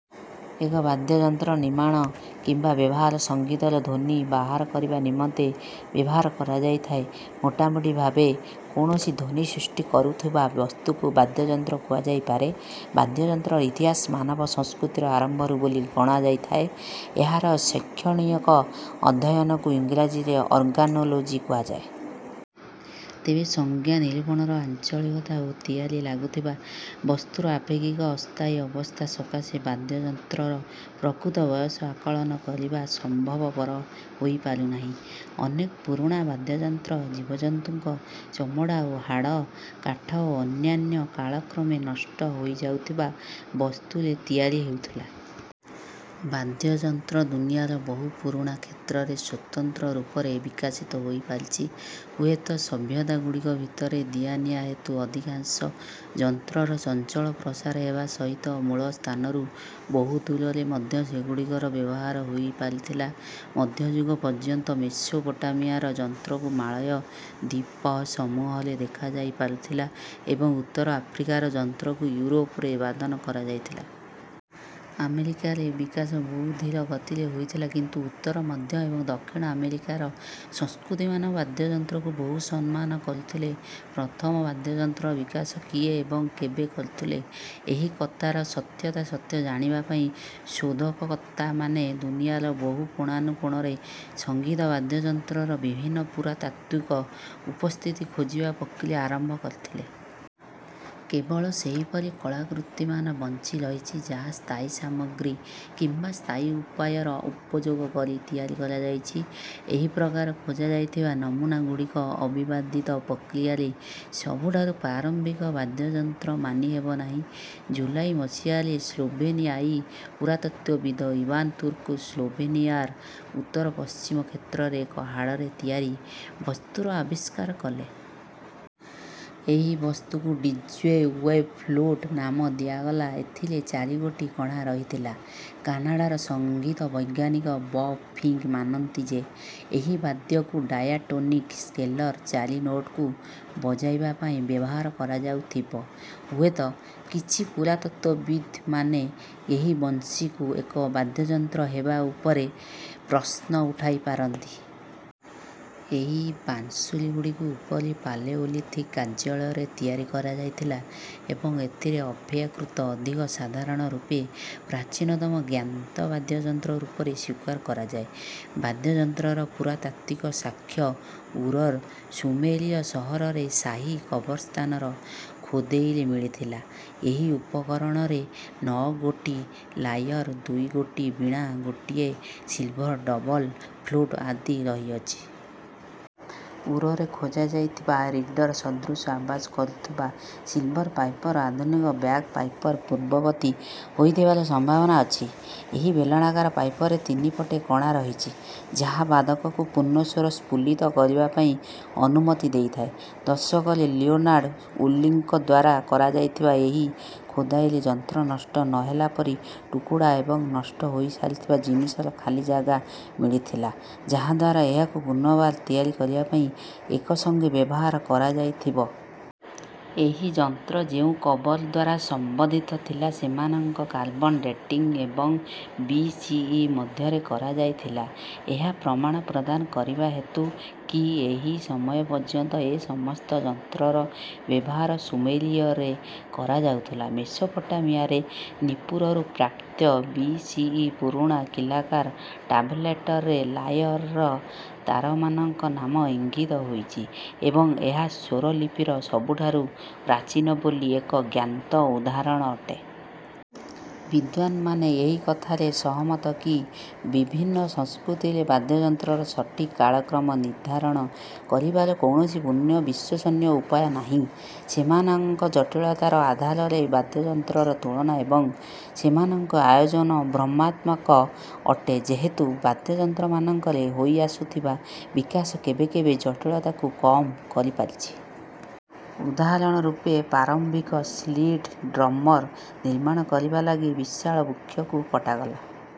ଏକ ବାଦ୍ୟଯନ୍ତ୍ରର ନିର୍ମାଣ କିମ୍ବା ବ୍ୟବହାର ସଙ୍ଗୀତର ଧ୍ୱନି ବାହାର କରିବା ନିମନ୍ତେ ବ୍ୟବହାର କରାଯାଇଥାଏ। ମୋଟାମୋଟି ଭାବେ କୌଣସି ଧ୍ୱନି ସୃଷ୍ଟି କରୁଥିବା ବସ୍ତୁକୁ ବାଦ୍ୟଯନ୍ତ୍ର କୁହାଯାଇପାରେ। ବାଦ୍ୟଯନ୍ତ୍ରର ଇତିହାସ ମାନବ ସଂସ୍କୃତିର ଆରମ୍ଭରୁ ବୋଲି ଗଣାଯାଇଥାଏ। ଏହାର ଶୈକ୍ଷଣିକ ଅଧ୍ୟୟନକୁ ଇଂରାଜୀରେ ଅର୍ଗାନୋଲୋଜି କୁହାଯାଏ। ତେବେ ସଂଜ୍ଞା ନିରୂପଣର ଆଞ୍ଚଳିକତା ଓ ତିଆରି ଲାଗୁଥିବା ବସ୍ତୁର ଆପେକ୍ଷିକ ଅସ୍ଥାୟୀ ଅବସ୍ଥା ସକାଶେ ବାଦ୍ୟଯନ୍ତ୍ରର ପ୍ରକୃତ ବୟସ ଆକଳନ କରିବା ସମ୍ଭବପର ହୋଇପାରିନାହିଁ। ଅନେକ ପୁରୁଣା ବାଦ୍ୟଯନ୍ତ୍ର ଜୀବଜନ୍ତୁଙ୍କ ଚମଡ଼ା ଓ ହାଡ଼, କାଠ ଓ ଅନ୍ୟାନ୍ୟ କାଳକ୍ରମେ ନଷ୍ଟ ହୋଇଯାଉଥିବା ବସ୍ତୁରେ ତିଆରି ହେଉଥିଲା। ବାଦ୍ୟଯନ୍ତ୍ର ଦୁନିଆର ବହୁ ପୁରୁଣା କ୍ଷେତ୍ରରେ ସ୍ୱତନ୍ତ୍ର ରୂପରେ ବିକାଶିତ ହୋଇପାରିଛି। ହୁଏତ ସଭ୍ୟତାଗୁଡ଼ିକ ଭିତରେ ଦିଆନିଆ ହେତୁ ଅଧିକାଂଶ ଯନ୍ତ୍ରର ଚଞ୍ଚଳ ପ୍ରସାର ହେବା ସହିତ ମୂଳ ସ୍ଥାନରୁ ବହୁ ଦୂରରେ ମଧ୍ୟ ସେଗୁଡ଼ିକର ବ୍ୟବହାର ହୋଇପାରିଥିଲା। ମଧ୍ୟଯୁଗ ପର୍ଯ୍ୟନ୍ତ ମେସୋପୋଟାମିଆର ଯନ୍ତ୍ରକୁ ମାଳୟ ଦ୍ୱୀପସମୂହରେ ଦେଖାଯାଇ ପାରୁଥିଲା ଏବଂ ଉତ୍ତର ଆଫ୍ରିକାର ଯନ୍ତ୍ରକୁ ୟୁରୋପରେ ବାଦନ କରାଯାଇଥିଲା। ଆମେରିକାରେ ବିକାଶ ବହୁ ଧୀର ଗତିରେ ହୋଇଥିଲା କିନ୍ତୁ ଉତ୍ତର, ମଧ୍ୟ ଏବଂ ଦକ୍ଷିଣ ଆମେରିକାର ସଂସ୍କୃତିମାନ ବାଦ୍ୟଯନ୍ତ୍ରକୁ ବହୁ ସମ୍ମାନ କରୁଥିଲେ। ପ୍ରଥମ ବାଦ୍ୟଯନ୍ତ୍ରର ବିକାଶ କିଏ ଏବଂ କେବେ କରିଥିଲେ, ଏହି କଥାର ସତ୍ୟାସତ୍ୟ ଜାଣିବା ପାଇଁ ଶୋଧକର୍ତ୍ତାମାନେ ଦୁନିଆର ବହୁ କୋଣାନୁକୋଣରେ ସଙ୍ଗୀତ ବାଦ୍ୟଯନ୍ତ୍ରର ବିଭିନ୍ନ ପୁରାତାତ୍ତ୍ୱିକ ଉପସ୍ଥିତି ଖୋଜିବା ପ୍ରକ୍ରିୟା ଆରମ୍ଭ କରିଥିଲେ। କେବଳ ସେହିପରି କଳାକୃତିମାନ ବଞ୍ଚିରହିଛି ଯାହା ସ୍ଥାୟୀ ସାମଗ୍ରୀ କିମ୍ବା ସ୍ଥାୟୀ ଉପାୟର ଉପଯୋଗ କରି ତିଆରି କରାଯାଇଛି। ଏହି ପ୍ରକାର ଖୋଜାଯାଇଥିବା ନମୂନା ଗୁଡ଼ିକ ଅବିବାଦିତ ପ୍ରକ୍ରିୟାରେ ସବୁଠାରୁ ପ୍ରାରମ୍ଭିକ ବାଦ୍ୟଯନ୍ତ୍ର ମାନି ହେବ ନାହିଁ। ଜୁଲାଇ ମସିହାରେ, ସ୍ଲୋଭେନିଆଈ ପୁରାତତ୍ତ୍ୱବିଦ ଇବାନ ତୁର୍କ ସ୍ଲୋଭେନିଆର ଉତ୍ତର ପଶ୍ଚିମ କ୍ଷେତ୍ରରେ ଏକ ହାଡ଼ରେ ତିଆରି ବସ୍ତୁର ଆବିଷ୍କାର କଲେ। ଏହି ବସ୍ତୁକୁ ଡିଜ୍ୱେ ୱେବ ଫ୍ଲୂଟ ନାମ ଦିଆଗଲା, ଏଥିରେ ଚାରିଗୋଟି କଣା ରହିଥିଲା। କାନାଡ଼ାର ସଙ୍ଗୀତ ବୈଜ୍ଞାନିକ ବବ ଫିଙ୍କ ମାନନ୍ତି ଯେ, ଏହି ବାଦ୍ୟକୁ ଡାୟାଟୋନିକ ସ୍କେଲର ଚାରି ନୋଟକୁ ବଜାଇବା ପାଇଁ ବ୍ୟବହାର କରାଯାଉଥିବ। ହୁଏତ, କିଛି ପୁରାତତ୍ତ୍ୱବିଦମାନେ ଏହି ବଂଶୀକୁ ଏକ ବାଦ୍ୟଯନ୍ତ୍ର ହେବା ଉପରେ ପ୍ରଶ୍ନ ଉଠାଇ ପାରନ୍ତି। ଏହି ବାଂଶୁରୀଗୁଡ଼ିକୁ ଉପରୀ ପାଲେଓଲିଥିକ କାର୍ଯ୍ୟାଳୟରେ ତିଆରି କରାଯାଇଥିଲା ଏବଂ ଏଥିରେ ଅପେକ୍ଷାକୃତ ଅଧିକ ସାଧାରଣ ରୂପେ ପ୍ରାଚୀନତମ ଜ୍ଞାତ ବାଦ୍ୟଯନ୍ତ୍ର ରୂପରେ ସ୍ୱୀକାର କରାଯାଏ। ବାଦ୍ୟଯନ୍ତ୍ରର ପୁରାତାତ୍ତ୍ୱିକ ସାକ୍ଷ, ଉରର ସୁମେରୀୟ ସହରରେ ଶାହୀ କବରସ୍ଥାନର ଖୋଦେଇରେ ମିଳିଥିଲା। ଏହି ଉପକରଣରେ ନଅ ଗୋଟି ଲାଇଅର, ଦୁଇ ଗୋଟି ବୀଣା, ଗୋଟିଏ ସିଲଭର ଡବଲ ଫ୍ଲୂଟ ଆଦି ରହିଅଛି। ଉରରେ ଖୋଜା ଯାଇଥିବା ରୀଡର ସଦୃଶ ଆବାଜ କରୁଥିବା ସିଲଭର ପାଇପର ଆଧୁନିକ ବ୍ୟାଗପାଇପର ପୂର୍ବବର୍ତ୍ତୀ ହୋଇଥିବାର ସମ୍ଭାବନା ଅଛି। ଏହି ବେଲଣାକାର ପାଇପରେ ତିନି ପଟେ କଣା ରହିଛି ଯାହା ବାଦକକୁ ପୂର୍ଣ୍ଣ ସ୍ୱର ସ୍ଫୁଲିତ କରିବା ପାଇଁ ଅନୁମତି ଦେଇଥାଏ। ଦଶକରେ ଲିଓନାର୍ଡ ୱୁଲିଙ୍କ ଦ୍ୱାରା କରାଯାଇଥିବା ଏହି ଖୋଦାଇରେ ଯନ୍ତ୍ର ନଷ୍ଟ ନ ହେଲାପରି ଟୁକୁଡ଼ା ଏବଂ ନଷ୍ଟ ହୋଇସାରିଥିବା ଜିନିଷର ଖାଲି ଜାଗା ମିଳିଥିଲା, ଯାହାଦ୍ୱାରା ଏହାକୁ ପୁନର୍ବାର ତିଆରି କରିବା ପାଇଁ ଏକସଙ୍ଗେ ବ୍ୟବହାର କରାଯାଇଥିବ। ଏହି ଯନ୍ତ୍ର ଯେଉଁ କବର ଦ୍ୱାରା ସମ୍ବନ୍ଧିତ ଥିଲା ସେମାନଙ୍କ କାର୍ବନ ଡେଟିଙ୍ଗ ଏବଂ ବି ସି ଇ ମଧ୍ୟରେ କରାଯାଇଥିଲା, ଏହା ପ୍ରମାଣ ପ୍ରଦାନ କରିବା ହେତୁ କି ଏହି ସମୟ ପର୍ଯ୍ୟନ୍ତ ଏ ସମସ୍ତ ଯନ୍ତ୍ରର ବ୍ୟବହାର ସୁମେରୀୟରେ କରାଯାଉଥିଲା। ମେସୋପୋଟାମିଆରେ ନିପ୍ପୁରରୁ ପ୍ରାପ୍ତ, ବି ସି ଇ ପୁରୁଣା କୀଲାକାର ଟାବଲେଟରେ ଲାଇଅରର ତାରମାନଙ୍କ ନାମ ଇଙ୍ଗିତ ହୋଇଛି ଏବଂ ଏହା ସ୍ୱରଲିପିର ସବୁଠାରୁ ପ୍ରାଚୀନ ବୋଲି ଏକ ଜ୍ଞାତ ଉଦାହରଣ ଅଟେ। ବିଦ୍ୱାନମାନେ ଏହି କଥାରେ ସହମତ କି, ବିଭିନ୍ନ ସଂସ୍କୃତିରେ ବାଦ୍ୟଯନ୍ତ୍ରର ସଠିକ କାଳକ୍ରମ ନିର୍ଦ୍ଧାରଣ କରିବାର କୌଣସି ପୂର୍ଣ୍ଣ ବିଶ୍ୱସନୀୟ ଉପାୟ ନାହିଁ। ସେମାନଙ୍କ ଜଟିଳତାର ଆଧାରରେ ବାଦ୍ୟଯନ୍ତ୍ରର ତୁଳନା ଏବଂ ସେମାନଙ୍କ ଆୟୋଜନ ଭ୍ରମାତ୍ମକ ଅଟେ, ଯେହେତୁ ବାଦ୍ୟଯନ୍ତ୍ରମାନଙ୍କରେ ହୋଇଆସୁଥିବା ବିକାଶ କେବେ କେବେ ଜଟିଳତାକୁ କମ କରିପାରିଛି। ଉଦାହରଣ ରୂପେ, ପ୍ରାରମ୍ଭିକ ସ୍ଲିଟ ଡ୍ରମର ନିର୍ମାଣ କରିବା ଲାଗି ବିଶାଳ ବୃକ୍ଷକୁ କଟାଗଲା।